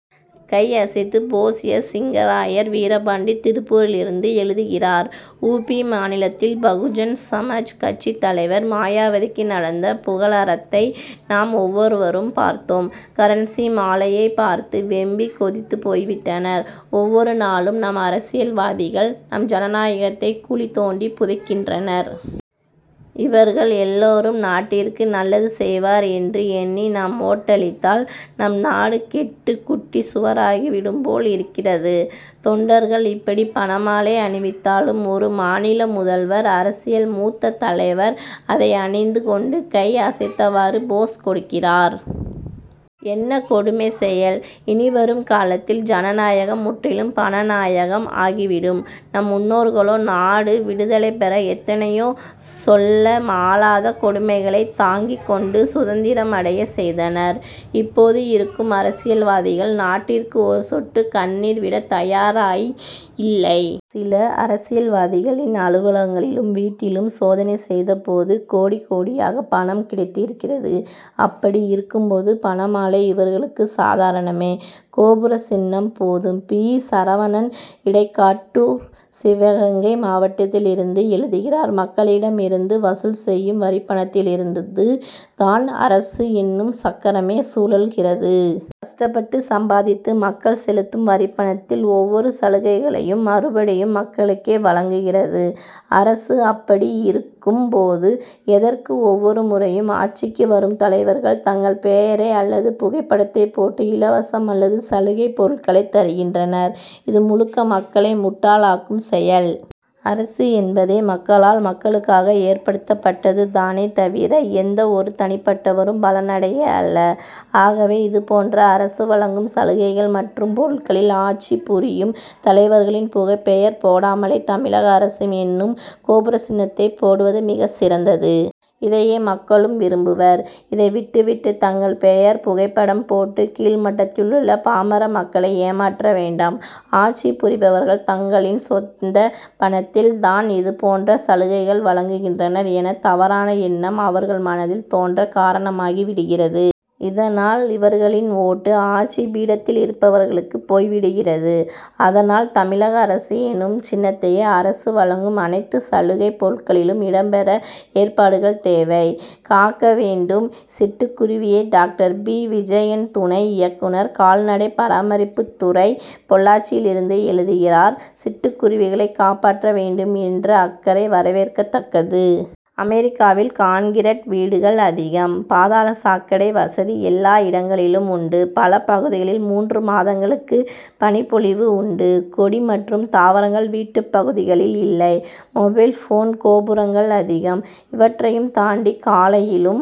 கை அசைத்து pose S. Singarayar Veerapandi திருப்பூரிலிருந்து எழுதுகிறார் உ. பி. மாநிலத்தில் பகுஜன் சமாஜ் கட்சித் தலைவர் மாயாவதிக்கு நடந்த புகழாரத்தை நாம் ஒவ்வொருவரும் பார்த்தோம். கரன்சி மாலையைப் பார்த்து வெம்பி கொதித்து போய்விட்டனர். ஒவ்வொரு நாளும் நம் அரசியல்வாதிகள் நம் ஜனநாயகத்தை குழி தோண்டி புதைக்கின்றனர். இவர்கள் எல்லோரும் நாட்டிற்கு நல்லது செய்வார் என்று எண்ணி நாம் ஓட்டளித்தால் நம் நாடு கெட்டு குட்டிச் சுவராகிவிடும் போல் இருக்கிறது. தொண்டர்கள் இப்படி பணமாலை அணிவித்தாலும் ஒரு மாநில முதல்வர் அரசியல் மூத்த தலைவர் அதை அணிந்து கொண்டு கை அசைத்தவாறு போஸ் கொடுக்கிறார். என்ன கொடுமை செயல்? இனிவரும் காலத்தில் ஜனநாயகம் முற்றிலும் பணநாயகம் ஆகிவிடும். நம் முன்னோர்களோ நாடு விடுதலை பெற எத்தனையோ சொல்ல மாளாத கொடுமைகளை தாங்கிக் கொண்டு சுதந்திரம் அடைய செய்தனர். இப்போது இருக்கும் அரசியல்வாதிகள் நாட்டிற்கு ஒரு சொட்டு கண்ணீர் விடத் தயாராய் இல்லை. சில அரசியல்வாதிகளின் அலுவலகங்களிலும் வீட்டிலும் சோதனை செய்தபோது கோடி கோடியாக பணம் கிடைத்திருக்கிறது. அப்படி இருக்கும் போது பணமாலை இவர்களுக்கு சாதாரணமே. கோபுர சின்னம் போதும்! பி. சரவணன் இடைக்காட்டூர் சிவகங்கை மாவட்டத்திலிருந்து எழுதுகிறார்: மக்களிடம் இருந்து வசூல் செய்யும் வரிப்பணத்திலிருந்து தான் இந்த அரசு எனும் சக்கரமே சுழல்கிறது. கஷ்டப்பட்டு சம்பாதித்து மக்கள் செலுத்தும் வரிப்பணத்தில் ஒவ்வொரு சலுகைகளையும் மறுபடியும் மக்களுக்கே வழங்குகிறது அரசு. அப்படி இருக்கும் போது எதற்கு ஒவ்வொரு முறையும் ஆட்சிக்கு வரும் தலைவர்கள் தங்களது பெயரை அல்லது புகைப்படத்தைப் போட்டு இலவசம் அல்லது சலுகைப் பொருட்களை தருகின்றனர்? இது முழுக்க மக்களை முட்டாளாக்கும் செயல். அரசு என்பதே மக்களால் மக்களுக்காக ஏற்படுத்தப்பட்டது தானே தவிர எந்த ஒரு தனிப்பட்டவரும் பலனடைய அல்ல. ஆகவே இதுபோன்று அரசு வழங்கும் சலுகைகள் மற்றும் பொருட்களில் ஆட்சி புரியும் தலைவர்களின் புகைப் பெயர் போடாமல் தமிழக அரசு எனும் கோபுர சின்னத்தை போடுவது மிகச் சிறந்தது. இதையே மக்களும் விரும்புவர். இதை விட்டு விட்டு தங்கள் பெயர் புகைப்படம் போட்டு கீழ்மட்டத்திலுள்ள பாமர மக்களை ஏமாற்ற வேண்டாம். ஆட்சி புரிபவர்கள் தங்களின் சொந்த பணத்தில் தான் இது போன்ற சலுகைகள் வழங்குகின்றனர் என தவறான எண்ணம் அவர்கள் மனதில் தோன்ற காரணமாகி விடுகிறது. இதனால் இவர்களின் ஓட்டு ஆட்சி பீடத்திலிருப்பவர்களுக்கு போய்விடுகிறது. அதனால் தமிழக அரசு எனும் சின்னத்தையே அரசு வழங்கும் அனைத்து சலுகை பொருட்களிலும் இடம் பெற ஏற்பாடுகள் தேவை. காக்க வேண்டும் சிட்டு குருவியை டாக்டர் பி. விஜயன் துணை இயக்குனர் கால்நடை பராமரிப்புத் துறை பொள்ளாச்சியிலிருந்து எழுதுகிறார் சிட்டுக் குருவிகளை காப்பாற்ற வேண்டும் என்ற அக்கறை வரவேற்கத்தக்கது. அமெரிக்காவில் கான்கிரட் வீடுகள் அதிகம். பாதாள சாக் கடை வசதி எல்லா இடங்களிலும் உண்டு. பல பகுதிகளில் மூன்று மாதங்களுக்கு பனிப் பொழிவு உண்டு. கொடி மற்றும் தாவரங்கள் வீட்டுப் பகுதிகளில் இல்லை; மொபைல் போன் கோபுரங்கள் அதிகம். இவற்றையும் தாண்டி காலையிலும்